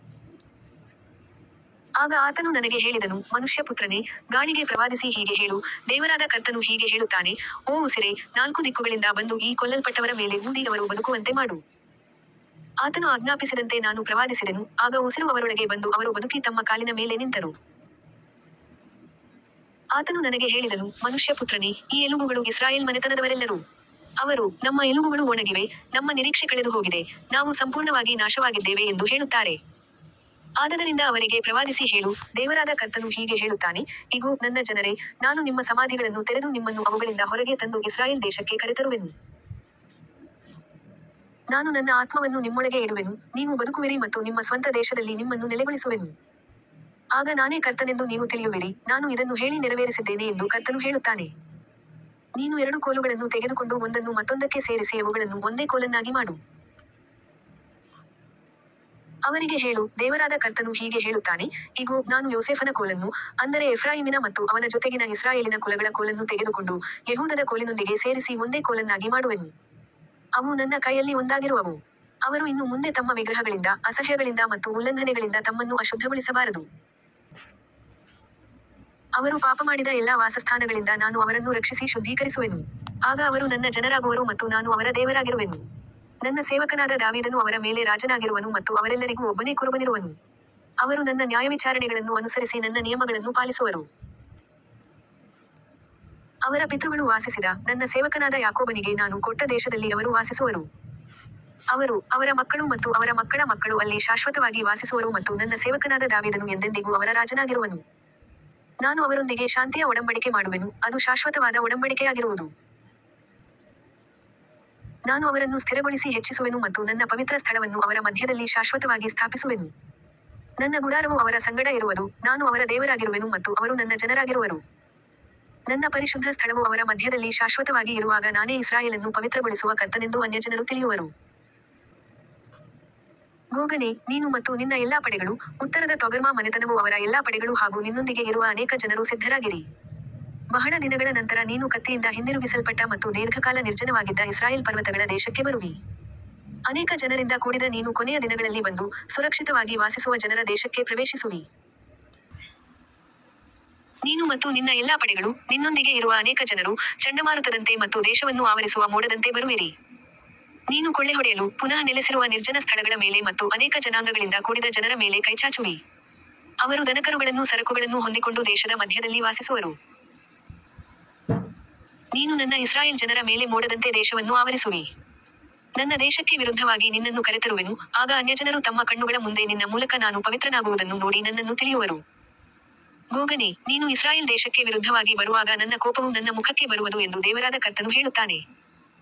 ಆಗ ಆತನು ನನಗೆ ಹೇಳಿದನು, ಮನುಷ್ಯಪುತ್ರನೇ, ಗಾಳಿಗೆ ಪ್ರವಾದಿಸಿ ಹೀಗೆ ಹೇಳು, ದೇವರಾದ ಕರ್ತನು ಹೀಗೆ ಹೇಳುತ್ತಾನೆ, ಓ ಉಸಿರೇ, ನಾಲ್ಕು ದಿಕ್ಕುಗಳಿಂದ ಬಂದು ಈ ಕೊಲ್ಲಲ್ಪಟ್ಟವರ ಮೇಲೆ ಊದಿ ಅವರು ಬದುಕುವಂತೆ ಮಾಡು. ಆತನು ಆಜ್ಞಾಪಿಸಿದಂತೆ ನಾನು ಪ್ರವಾದಿಸಿದೆನು, ಆಗ ಉಸಿರು ಅವರೊಳಗೆ ಬಂದು ಅವರು ಬದುಕಿ ತಮ್ಮ ಕಾಲಿನ ಮೇಲೆ ನಿಂತರು. ಆತನು ನನಗೆ ಹೇಳಿದನು, ಮನುಷ್ಯಪುತ್ರನೇ, ಈ ಎಲುಬುಗಳು ಇಸ್ರಾಯೇಲ್ ಮನೆತನದವರೆಲ್ಲರೂ. ಅವರು, ನಮ್ಮ ಎಲುಬುಗಳು ಒಣಗಿವೆ, ನಮ್ಮ ನಿರೀಕ್ಷೆ ಕಳೆದುಹೋಗಿದೆ, ನಾವು ಸಂಪೂರ್ಣವಾಗಿ ನಾಶವಾಗಿದ್ದೇವೆ ಎಂದು ಹೇಳುತ್ತಾರೆ. ಆದದರಿಂದ ಅವರಿಗೆ ಪ್ರವಾದಿಸಿ ಹೇಳು, ದೇವರಾದ ಕರ್ತನು ಹೀಗೆ ಹೇಳುತ್ತಾನೆ, ಇಗೋ, ನನ್ನ ಜನರೇ, ನಾನು ನಿಮ್ಮ ಸಮಾಧಿಗಳನ್ನು ತೆರೆದು ನಿಮ್ಮನ್ನು ಅವುಗಳಿಂದ ಹೊರಗೆ ತಂದು ಇಸ್ರಾಯೇಲ್ ದೇಶಕ್ಕೆ ಕರೆತರುವೆನು. ನಾನು ನನ್ನ ಆತ್ಮವನ್ನು ನಿಮ್ಮೊಳಗೆ ಇಡುವೆನು, ನೀವು ಬದುಕುವಿರಿ ಮತ್ತು ನಿಮ್ಮ ಸ್ವಂತ ದೇಶದಲ್ಲಿ ನಿಮ್ಮನ್ನು ನೆಲೆಗೊಳಿಸುವೆನು. ಆಗ ನಾನೇ ಕರ್ತನೆಂದು ನೀವು ತಿಳಿಯುವಿರಿ, ನಾನು ಇದನ್ನು ಹೇಳಿ ನೆರವೇರಿಸಿದ್ದೇನೆ ಎಂದು ಕರ್ತನು ಹೇಳುತ್ತಾನೆ. ನೀನು ಎರಡು ಕೋಲುಗಳನ್ನು ತೆಗೆದುಕೊಂಡು ಒಂದನ್ನು ಮತ್ತೊಂದಕ್ಕೆ ಸೇರಿಸಿ ಅವುಗಳನ್ನು ಒಂದೇ ಕೋಲನ್ನಾಗಿ ಮಾಡು. ಅವರಿಗೆ ಹೇಳು, ದೇವರಾದ ಕರ್ತನು ಹೀಗೆ ಹೇಳುತ್ತಾನೆ, ಇಗೋ, ನಾನು ಯೋಸೇಫನ ಕೋಲನ್ನು, ಅಂದರೆ ಎಫ್ರಾಯೀಮಿನ ಮತ್ತು ಅವನ ಜೊತೆಗಿನ ಇಸ್ರಾಯೇಲಿನ ಕುಲಗಳ ಕೋಲನ್ನು ತೆಗೆದುಕೊಂಡು, ಯೆಹೂದದ ಕೋಲಿನೊಂದಿಗೆ ಸೇರಿಸಿ ಒಂದೇ ಕೋಲನ್ನಾಗಿ ಮಾಡುವೆನು. ಅವು ನನ್ನ ಕೈಯಲ್ಲಿ ಒಂದಾಗಿರುವವು. ಅವರು ಇನ್ನು ಮುಂದೆ ತಮ್ಮ ವಿಗ್ರಹಗಳಿಂದ, ಅಸಹ್ಯಗಳಿಂದ ಮತ್ತು ಉಲ್ಲಂಘನೆಗಳಿಂದ ತಮ್ಮನ್ನು ಅಶುದ್ಧಗೊಳಿಸಬಾರದು. ಅವರು ಪಾಪಮಾಡಿದ ಎಲ್ಲಾ ವಾಸಸ್ಥಾನಗಳಿಂದ ನಾನು ಅವರನ್ನು ರಕ್ಷಿಸಿ ಶುದ್ಧೀಕರಿಸುವೆನು. ಆಗ ಅವರು ನನ್ನ ಜನರಾಗುವರು ಮತ್ತು ನಾನು ಅವರ ದೇವರಾಗಿರುವೆನು. ನನ್ನ ಸೇವಕನಾದ ದಾವೀದನು ಅವರ ಮೇಲೆ ರಾಜನಾಗಿರುವನು ಮತ್ತು ಅವರೆಲ್ಲರಿಗೂ ಒಬ್ಬನೇ ಕುರುಬನಿರುವನು. ಅವರು ನನ್ನ ನ್ಯಾಯವಿಚಾರಣೆಗಳನ್ನು ಅನುಸರಿಸಿ ನನ್ನ ನಿಯಮಗಳನ್ನು ಪಾಲಿಸುವರು. ಅವರ ಪಿತೃಗಳು ವಾಸಿಸಿದ, ನನ್ನ ಸೇವಕನಾದ ಯಾಕೋಬನಿಗೆ ನಾನು ಕೊಟ್ಟ ದೇಶದಲ್ಲಿ ಅವರು ವಾಸಿಸುವರು. ಅವರು, ಅವರ ಮಕ್ಕಳು ಮತ್ತು ಅವರ ಮಕ್ಕಳ ಮಕ್ಕಳು ಅಲ್ಲಿ ಶಾಶ್ವತವಾಗಿ ವಾಸಿಸುವರು ಮತ್ತು ನನ್ನ ಸೇವಕನಾದ ದಾವೀದನು ಎಂದೆಂದಿಗೂ ಅವರ ರಾಜನಾಗಿರುವನು. ನಾನು ಅವರೊಂದಿಗೆ ಶಾಂತಿಯ ಒಡಂಬಡಿಕೆ ಮಾಡುವೆನು, ಅದು ಶಾಶ್ವತವಾದ ಒಡಂಬಡಿಕೆಯಾಗಿರುವುದು. ನಾನು ಅವರನ್ನು ಸ್ಥಿರಗೊಳಿಸಿ ಹೆಚ್ಚಿಸುವೆನು ಮತ್ತು ನನ್ನ ಪವಿತ್ರ ಸ್ಥಳವನ್ನು ಅವರ ಮಧ್ಯದಲ್ಲಿ ಶಾಶ್ವತವಾಗಿ ಸ್ಥಾಪಿಸುವೆನು. ನನ್ನ ಗುಡಾರವು ಅವರ ಸಂಗಡ ಇರುವದು, ನಾನು ಅವರ ದೇವರಾಗಿರುವೆನು ಮತ್ತು ಅವರು ನನ್ನ ಜನರಾಗಿರುವರು. ನನ್ನ ಪರಿಶುದ್ಧ ಸ್ಥಳವು ಅವರ ಮಧ್ಯದಲ್ಲಿ ಶಾಶ್ವತವಾಗಿ ಇರುವಾಗ ನಾನೇ ಇಸ್ರಾಯೇಲನ್ನು ಪವಿತ್ರಗೊಳಿಸುವ ಕರ್ತನೆಂದು ಅನ್ಯಜನರು ತಿಳಿಯುವರು. ಗೋಗನೇ, ನೀನು ಮತ್ತು ನಿನ್ನ ಎಲ್ಲಾ ಪಡೆಗಳು, ಉತ್ತರದ ತೊಗರ್ಮಾ ಮನೆತನವೂ ಅವರ ಎಲ್ಲಾ ಪಡೆಗಳೂ ಹಾಗೂ ನಿನ್ನೊಂದಿಗೆ ಇರುವ ಅನೇಕ ಜನರೂ ಸಿದ್ಧರಾಗಿರಿ. ಬಹಳ ದಿನಗಳ ನಂತರ ನೀನು ಕತ್ತಿಯಿಂದ ಹಿಂದಿರುಗಿಸಲ್ಪಟ್ಟ ಮತ್ತು ದೀರ್ಘಕಾಲ ನಿರ್ಜನವಾಗಿದ್ದ ಇಸ್ರಾಯೇಲ್ ಪರ್ವತಗಳ ದೇಶಕ್ಕೆ ಬರುವಿ. ಅನೇಕ ಜನರಿಂದ ಕೂಡಿದ ನೀನು ಕೊನೆಯ ದಿನಗಳಲ್ಲಿ ಬಂದು, ಸುರಕ್ಷಿತವಾಗಿ ವಾಸಿಸುವ ಜನರ ದೇಶಕ್ಕೆ ಪ್ರವೇಶಿಸುವಿ. ನೀನು ಮತ್ತು ನಿನ್ನ ಎಲ್ಲಾ ಪಡೆಗಳು, ನಿನ್ನೊಂದಿಗೆ ಇರುವ ಅನೇಕ ಜನರು, ಚಂಡಮಾರುತದಂತೆ ಮತ್ತು ದೇಶವನ್ನು ಆವರಿಸುವ ಮೋಡದಂತೆ ಬರುವಿರಿ. ನೀನು ಕೊಳ್ಳೆಹೊಡೆಯಲು, ಪುನಃ ನೆಲೆಸಿರುವ ನಿರ್ಜನ ಸ್ಥಳಗಳ ಮೇಲೆ ಮತ್ತು ಅನೇಕ ಜನಾಂಗಗಳಿಂದ ಕೂಡಿದ ಜನರ ಮೇಲೆ ಕೈಚಾಚುವಿ. ಅವರು ದನಕರುಗಳನ್ನೂ ಸರಕುಗಳನ್ನೂ ಹೊಂದಿಕೊಂಡು ದೇಶದ ಮಧ್ಯದಲ್ಲಿ ವಾಸಿಸುವರು. ನೀನು ನನ್ನ ಇಸ್ರಾಯೇಲ್ ಜನರ ಮೇಲೆ ಮೋಡದಂತೆ ದೇಶವನ್ನು ಆವರಿಸುವಿ. ನನ್ನ ದೇಶಕ್ಕೆ ವಿರುದ್ಧವಾಗಿ ನಿನ್ನನ್ನು ಕರೆತರುವೆನು, ಆಗ ಅನ್ಯಜನರು ತಮ್ಮ ಕಣ್ಣುಗಳ ಮುಂದೆ ನಿನ್ನ ಮೂಲಕ ನಾನು ಪವಿತ್ರನಾಗುವುದನ್ನು ನೋಡಿ ನನ್ನನ್ನು ತಿಳಿಯುವರು. ಗೋಗನೇ, ನೀನು ಇಸ್ರಾಯೇಲ್ ದೇಶಕ್ಕೆ ವಿರುದ್ಧವಾಗಿ ಬರುವಾಗ ನನ್ನ ಕೋಪವು ನನ್ನ ಮುಖಕ್ಕೆ ಬರುವದು ಎಂದು ದೇವರಾದ ಕರ್ತನು ಹೇಳುತ್ತಾನೆ.